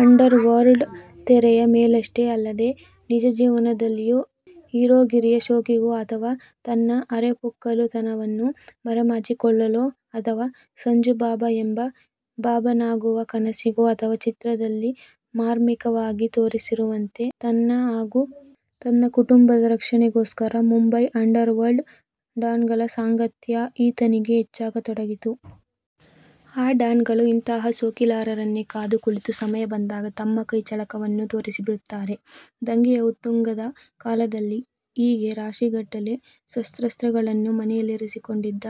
Under world ತೆರೆಯ ಮೇಲಷ್ಟೇ ಅಲ್ಲದೆ ನಿಜಜೀವನದಲ್ಲೂ ಹೀರೋಗಿರಿಯ ಶೋಕಿಗೋ ಅಥವ ತನ್ನ ಅರೆಪುಕ್ಕಲುತನವನ್ನು ಮರೆಮಾಚಿಕೊಳ್ಳಲೋ ಅಥವಾ 'ಸಂಜು ಬಾಬಾ' ಎಂಬ ಬಾಬಾನಾಗುವ ಕನಸಿಗೋ ಅಥವಾ ಚಿತ್ರದಲ್ಲಿ 'ಮಾರ್ಮಿಕ'ವಾಗಿ ತೋರಿಸಿರುವಂತೆ ತನ್ನ ಹಾಗು ತನ್ನ ಕುಟುಂಬದ ರಕ್ಷಣೆಗೋಸ್ಕರ ಮುಂಬೈ ಅಂಡರ್ ವರ್ಲ್ಡ್ ಡಾನ್ಗಳ ಸಾಂಗತ್ಯ ಈತನಿಗೆ ಹೆಚ್ಚಾಗತೊಡಗಿತು. ಆ ಡಾನ್ ಗಳೋ ಇಂತಹ ಶೋಕಿಲಾಲರನ್ನೇ ಕಾದು ಕುಳಿತು ಸಮಯ ಬಂದಾಗ ತಮ್ಮ ಕೈಚಳಕವನ್ನು ತೋರಿಸಿಬಿಡುತ್ತಾರೆ. ದಂಗೆಯ ಉತ್ತುಂಗದ ಕಾಲದಲ್ಲಿ ಹೀಗೆ ರಾಶಿಗಟ್ಟಲೆ ಶಸ್ತ್ರಾಸ್ತ್ರಗಳನ್ನು ಮನೆಯಲ್ಲಿರಿಸಿಕೊಂಡಿದ್ದ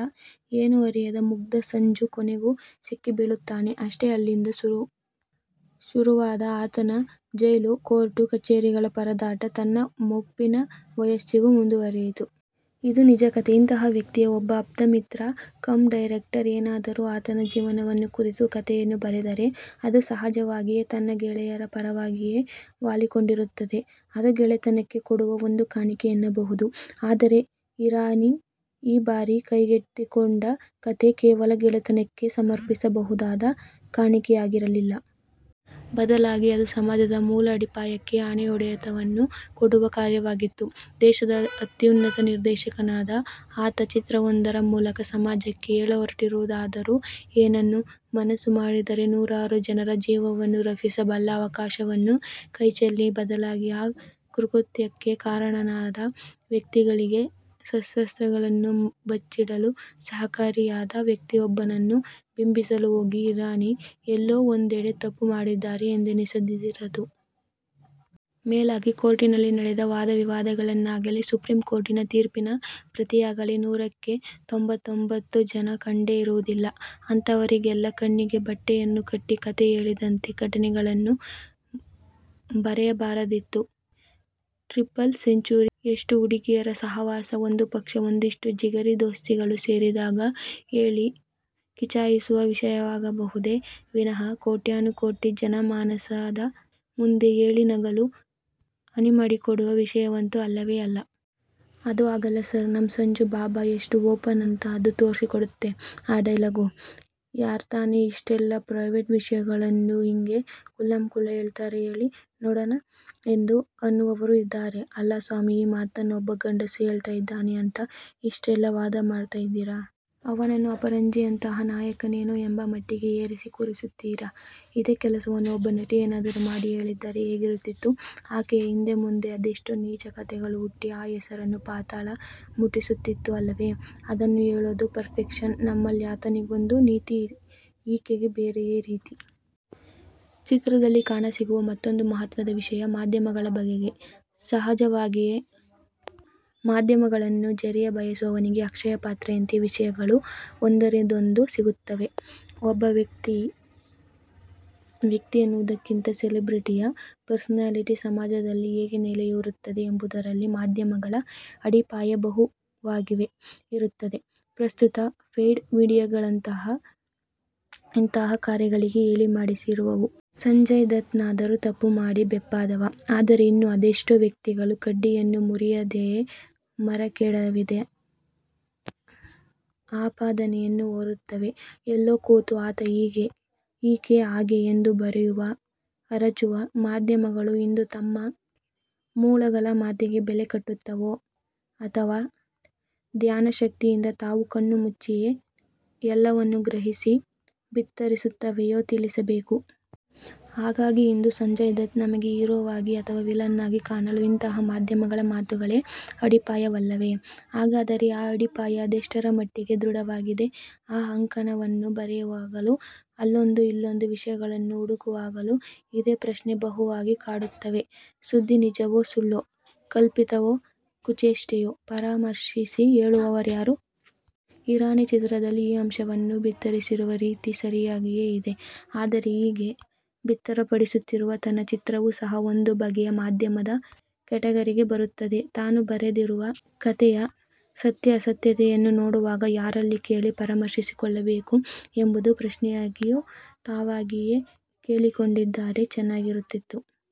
'ಏನೂ ಅರಿಯದ ಮುಗ್ದ' ಸಂಜು ಕೊನೆಗೂ ಸಿಕ್ಕಿಬೀಳುತ್ತಾನೆ ಅಷ್ಟೇ. ಅಲ್ಲಿಂದ ಶುರುವಾದ ಆತನ ಜೈಲು, ಕೋರ್ಟು ಕಚೇರಿಗಳ ಪರದಾಟ ತನ್ನ ಮುಪ್ಪಿನ ವಯಸ್ಸಿಗೂ ಮುಂದುವರೆಯಿತು. ಇದು ನಿಜಕಥೆ. ಇಂತಹ ವ್ಯಕ್ತಿಯ ಒಬ್ಬ ಆಪ್ತಮಿತ್ರ ಕಮ್ ಡೈರೆಕ್ಟರ್ ಏನಾದರೂ ಈತನ ಜೀವನವನ್ನು ಕುರಿತು ಕತೆಯನ್ನು ಬರೆದರೆ ಅದು ಸಹಜವಾಗಿಯೇ ತನ್ನ ಗೆಳೆಯನ ಪರವಾಗಿಯೇ ವಾಲಿಕೊಂಡಿರುತ್ತದೆ. ಅದು ಗೆಳೆತನಕ್ಕೆ ಕೊಡುವ ಒಂದು ಕಾಣಿಕೆ ಎನ್ನಬಹುದು. ಆದರೆ ಹಿರಾನಿ ಈ ಬಾರಿ ಕೈಗೆತ್ತಿಕೊಂಡ ಕಥೆ ಕೇವಲ ಗೆಳೆತನಕ್ಕೆ ಸಮರ್ಪಿಸಬಹುದಾದ ಕಾಣಿಕೆಯಾಗಿರಲಿಲ್ಲ. ಬದಲಾಗಿ ಅದು ಸಮಾಜದ ಮೂಲ ಅಡಿಪಾಯಕ್ಕೆ ಆನೆಯೊಡೆತವನ್ನು ಕೊಡುವ ಕಾರ್ಯವಾಗಿತ್ತು. ದೇಶದ ಅತ್ಯುನ್ನತ ನಿರ್ದೇಶಕನಾದ ಆತ ಚಿತ್ರವೊಂದರ ಮೂಲಕ ಸಮಾಜಕ್ಕೆ ಹೇಳಹೊರಟಿರುವುದಾದರೂ ಏನನ್ನು ಮನಸ್ಸು ಮಾಡಿದ್ದರೆ ನೂರಾರು ಜನರ ಜೀವವನ್ನು ರಕ್ಷಿಸಬಲ್ಲ ಅವಕಾಶವನ್ನು ಕೈಚೆಲ್ಲಿ ಬದಲಾಗಿ ಆ ಕುಕೃತ್ಯಕ್ಕೆ ಕಾರಣರಾದ ವ್ಯಕ್ತಿಗಳಿಗೇ ಶಸ್ತ್ರಾಸ್ತಗಳನ್ನು ಬಚ್ಚಿಡಲು ಸಹಕಾರಿಯಾದ ವ್ಯಕ್ತಿಯೊಬ್ಬನನ್ನು ಬಿಂಬಿಸಲು ಹೋಗಿ ಹಿರಾನಿ ಎಲ್ಲೋ ಒಂದೆಡೆ ತಪ್ಪು ಮಾಡಿದ್ದಾರೆ ಎಂದೆನಿಸದಿರದು. ಮೇಲಾಗಿ ಕೋರ್ಟಿನಲ್ಲಿ ನಡೆದ ವಾದವಿವಾದಗಳನ್ನಾಗಲಿ, ಸುಪ್ರೀಂ ಕೋರ್ಟಿನ ತೀರ್ಪಿನ ಪ್ರತಿಯಾಗಲಿ ನೂರಕ್ಕೆ ತೊಂಬತ್ತೊಂಬತ್ತು ಜನ ಕಂಡೇ ಇರುವುದಿಲ್ಲ. ಅಂತವರಿಗೆಲ್ಲ ಕಣ್ಣಿಗೆ ಬಟ್ಟೆಯನ್ನು ಕಟ್ಟಿ ಕತೆ ಹೇಳಿದಂತೆ ಘಟನೆಗಳನ್ನು ಬರೆಯಬಾರದಿತ್ತು. ಟ್ರಿಪಲ್ ಸೆಂಚೂರಿ ಯಷ್ಟು ಹುಡುಗಿಯರ ಸಹವಾಸ ಒಂದುಪಕ್ಷ ಒಂದಿಷ್ಟು ಜಿಗರಿ ದೋಸ್ತಿಗಳು ಸೇರಿದಾಗ ಹೇಳಿ ಕಿಚಾಯಿಸುವ ವಿಷಯವಾಗಬಹುದೇ ವಿನಃ ಕೋಟ್ಯಾನುಕೋಟಿ ಜನಮಾನಸದ ಮುಂದೆ ಹೇಳಿ ನಗಲು ಅಣಿಮಾಡಿಕೊಡುವ ವಿಷಯವಂತು ಅಲ್ಲವೇ ಅಲ್ಲ. 'ಅದು ಹಾಗಲ್ಲ ಸಾರ್, ನಮ್ ಸಂಜು ಬಾಬಾ ಎಷ್ಟು ಓಪನ್ ಅಂತ ಅದು ತೋರ್ಸಿ ಕೊಡುತ್ತೆ ಆ ಡೈಲಾಗು. ಯಾರ್ ತಾನೇ ಇಷ್ಟೆಲ್ಲಾ ಪ್ರೈವೇಟ್ ವಿಷಯಗಳನ್ನ ಹಿಂಗೇ ಖುಲ್ಲಂ ಖುಲ್ಲಾ ಹೇಳ್ತಾರೆ ಹೇಳಿ ನೋಡಣ ' ಎಂದು ಅನ್ನುವವರೂ ಇದ್ದಾರೆ. ಅಲ್ಲಾ ಸ್ವಾಮಿ ಈ ಮಾತನ್ನು ಒಬ್ಬ ಗಂಡಸು ಹೇಳ್ತಾ ಇದ್ದಾನೆ ಅಂತ ಇಷ್ಟೆಲ್ಲಾ ವಾದಮಾಡ್ತಾ ಇದ್ದೀರಾ. ಅವನನ್ನು ಅಪರಂಜಿಯಂತಹ ನಾಯಕನೇನೋ ಎಂಬ ಮಟ್ಟಿಗೆ ಏರಿಸಿ ಕೂರಿಸುತ್ತೀರಾ. ಇದೆ ಕೆಲಸವನ್ನು ಒಬ್ಬ ನಟಿ ಏನಾದರು ಮಾಡಿ ಹೇಳಿದ್ದರೆ ಹೇಗಿರುತ್ತಿತ್ತು? ಆಕೆಯ ಹಿಂದೆ ಮುಂದೆ ಅದೆಷ್ಟು ನೀಚ ಕತೆಗಳು ಹುಟ್ಟಿ ಆ ಹೆಸರನ್ನು ಪಾತಾಳ ಮುಟ್ಟಿಸುತ್ತಿತ್ತು ಅಲ್ಲವೇ? ಅದನ್ನೇ ಹೇಳೋದು ಪರ್ಸೆಪ್ಷನ್ ನಮ್ಮಲ್ಲಿ ಆತನಿಗೊಂದು ನೀತಿ ಈಕೆಗೆ ಬೇರೆಯೇ ರೀತಿ. ಚಿತ್ರದಲ್ಲಿ ಕಾಣಸಿಗುವ ಮತ್ತೊಂದು ಮಹತ್ವದ ವಿಷಯ ಮಾಧ್ಯಮಗಳ ಬಗೆಗೆ. ಸಹಜವಾಗಿಯೇ ಮಾಧ್ಯಮಗಳನ್ನು ಜರಿಯ ಬಯಸುವವನಿಗೆ ಅಕ್ಷಯ ಪಾತ್ರೆಯಂತೆ ವಿಷಯಗಳು ಒಂದರಿಂದೊಂದು ಸಿಗುತ್ತವೆ. ಒಬ್ಬ ವ್ಯಕ್ತಿಯ, ವ್ಯಕ್ತಿ ಅನ್ನುವುದಕ್ಕಿಂತ ಸೆಲೆಬ್ರಿಟಿಯ, ಪರ್ಸನಾಲಿಟಿ ಸಮಾಜದಲ್ಲಿ ಹೇಗೆ ನೆಲೆಯೂರುತ್ತದೆ ಎಂಬುದರಲ್ಲಿ ಮಾಧ್ಯಮಗಳ ಅಡಿಪಾಯ ಬಹುವಾಗಿಯೇ ಇರುತ್ತದೆ. ಪ್ರಸ್ತುತ ಪೇಯ್ಡ್ ಮೀಡಿಯಾಗಳಂತೂ ಇಂತಹ ಕಾರ್ಯಗಳಿಗೆ ಹೇಳಿ ಮಾಡಿಸಿರುವವು. ಸಂಜಯ್ ದತ್ ನಾದರೂ ತಪ್ಪು ಮಾಡಿ ಬೆಪ್ಪಾದವ, ಆದರೆ ಇನ್ನೂ ಅದೆಷ್ಟೋ ವ್ಯಕ್ತಿತ್ವಗಳು ಕಡ್ಡಿಯನ್ನು ಮುರಿಯದೆಯೇ ಮರಕೆಡವಿದ ಅಪಾದನೆಯನ್ನು ಹೊರುತ್ತವೆ. ಎಲ್ಲೋ ಕೂತು ಆತ ಹೀಗೆ, ಈಕೆ ಹಾಗೆ ಎಂದು ಬರೆಯುವ, ಅರಚುವ ಮಾಧ್ಯಮಗಳು ಇಂದು ತಮ್ಮ ಮೂಲಗಳ ಮಾತಿಗೆ ಬೆಲೆ ಕಟ್ಟುತ್ತಾವೋ ಅಥವಾ ಧ್ಯಾನಶಕ್ತಿಯಿಂದ ತಾವು ಕಣ್ಣುಮುಚ್ಚಿಯೇ ಎಲ್ಲವನ್ನು ಗ್ರಹಿಸಿ ಬಿತ್ತರಿಸುತ್ತಾವೆಯೋ ತಿಳಿಸಬೇಕು. ಹಾಗಾಗಿ ಇಂದು ಸಂಜಯ್ ದತ್ ನಮಗೆ ಹೀರೋವಾಗಿ ಅಥವಾ ವಿಲನ್ನಾಗಿ ಕಾಣಲು ಇಂತಹ ಮಾಧ್ಯಮಗಳ ಮಾತುಗಳೇ ಅಡಿಪಾಯವಲ್ಲವೆ? ಹಾಗಾದರೆ ಆ ಅಡಿಪಾಯ ಅದೆಷ್ಟರ ಮಟ್ಟಿಗೆ ದೃಢವಾಗಿದೆ? ಈ ಅಂಕಣವನ್ನು ಬರೆಯುವಾಗಲೂ, ಅಲ್ಲೊಂದು ಇಲ್ಲೊಂದು ವಿಷಯಗಳನ್ನು ಹುಡುಕುವಾಗಲೂ ಇದೇ ಪ್ರಶ್ನೆ ಬಹುವಾಗಿ ಕಾಡುತ್ತದೆ ಸುದ್ದಿ ನಿಜವೋ, ಸುಳ್ಳೋ, ಕಲ್ಪಿತವೋ, ಕುಚೇಷ್ಠೆಯೋ ಪರಾಮರ್ಶಿಸಿ ಹೇಳುವವರ್ಯಾರು? ಹಿರಾನಿ ಚಿತ್ರದಲ್ಲಿ ಈ ಅಂಶವನ್ನು ಬಿತ್ತರಿಸಿರುವ ರೀತಿ ಸರಿಯಾಗಿಯೇ ಇದೆ. ಆದರೆ ಹೀಗೆ ಬಿತ್ತರಪಡಿಸುತ್ತಿರುವ ತನ್ನ ಚಿತ್ರವೂ ಸಹ ಒಂದು ಬಗೆಯ ಮಾಧ್ಯಮದ ಕೆಟಗರಿಗೆ ಬರುತ್ತದೆ, ತಾನು ಬರೆದಿರುವ ಕತೆಯ ಸತ್ಯಾಸತ್ಯತೆಯನ್ನು ನೋಡುವಾಗ ಯಾರಲ್ಲಿ ಕೇಳಿ ಪರಾಮರ್ಶಿಸಿಕೊಳ್ಳಬೇಕು ಎಂಬೊಂದು ಪ್ರಶ್ನೆಯನ್ನೂ ತಾವಾಗಿಯೇ ಕೇಳಿಕೊಂಡಿದ್ದರೆ ಚೆನ್ನಾಗಿರುತ್ತಿತ್ತು.